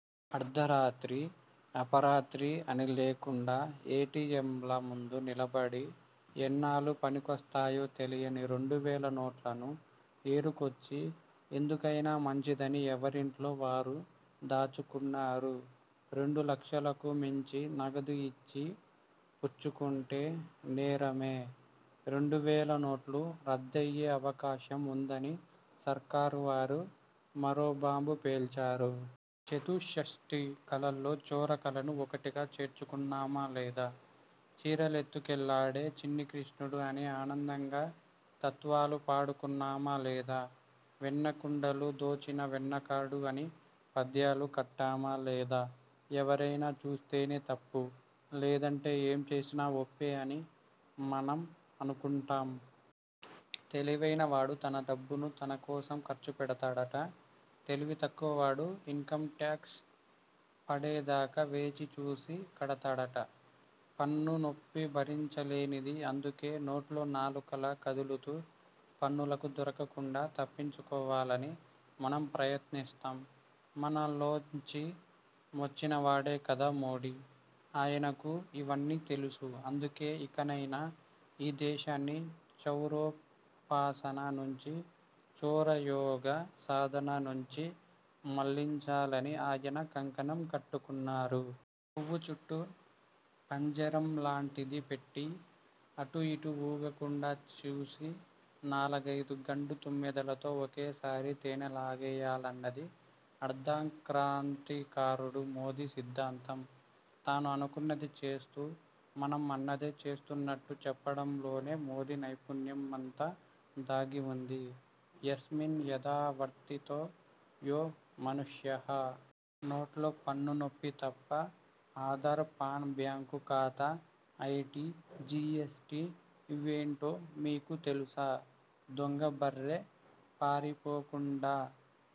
అర్ధరాత్రి, అపరాత్రి అని లేకుండా ఏటీఎంల ముందు నిలబడి, ఎన్నాళ్లు పనికొస్తాయో తెలియని రెండు వేల నోట్లను ఏరుకొచ్చి, ఎందుకైనా మంచిదని ఎవరింట్లో వారు దాచుకున్నారు. రెండు లక్షలకు మించి నగదు ఇచ్చి పుచ్చుకుంటే నేరమే, రెండు వేల నోట్లూ రద్దయ్యే అవకాశం ఉందని సర్కారు వారు మరో బాంబు పేల్చారు. చతుష్షష్టి కళల్లో చోర కళను ఒకటిగా చేర్చుకున్నామా లేదా? చీరలెత్తుకెళ్లాడే చిన్ని కృష్ణుడు అని ఆనందంగా తత్వాలు పాడుకున్నామా లేదా? వెన్న కుండలు దోచిన వన్నెకాడు అని పద్యాలు కట్టామా లేదా? ఎవరైనా చూస్తేనే తప్పు.. లేదంటే ఏం చేసినా ఒప్పే అని మనం అనుకుంటాం. తెలివైనవాడు తన డబ్బును తనకోసం ఖర్చు పెడతాడట. తెలివి తక్కువవాడు ఇన్కమ్ట్యాక్స్ పడేదాకా వేచి చూసి కడతాడట. పన్ను నొప్పి భరించలేనిది. అందుకే నోట్లో నాలుకలా కదులుతూ పన్నులకు దొరకకుండా తప్పించుకోవాలని మనం ప్రయత్నిస్తాం. మనలోంచి వచ్చినవాడే కదా మోదీ. ఆయనకు ఇవన్నీ తెలుసు. అందుకే ఇకనైనా ఈ దేశాన్ని చౌర్యోపాసన నుంచి, చోరయోగ సాధన నుంచి మళ్లించాలని ఆయన కంకణం కట్టుకున్నారు. పువ్వు చుట్టూ పంజరంలాంటిది పెట్టి, అటూ ఇటూ ఊగకుండా చూసి, నాలుగైదు గండు తుమ్మెదలతో ఒకేసారి తేనె లాగేయాలన్నది అర్థక్రాంతికారుడు మోదీ సిద్ధాంతం. తాను అనుకున్నది చేస్తూ, మనం అన్నదే చేస్తున్నట్టు చెప్పడంలోనే మోదీ నైపుణ్యమంతా దాగి ఉంది. యస్మిన్ యథా వర్తితో యో మనుష్యః. నోట్ల పన్ను నొప్పి తప్ప! ఆధార్, పాన్, బ్యాంకు ఖాతా, ఐటీ, జీఎస్టీ ఇవేంటో మీకు తెలుసా? దొంగబర్రె పారిపోకుండా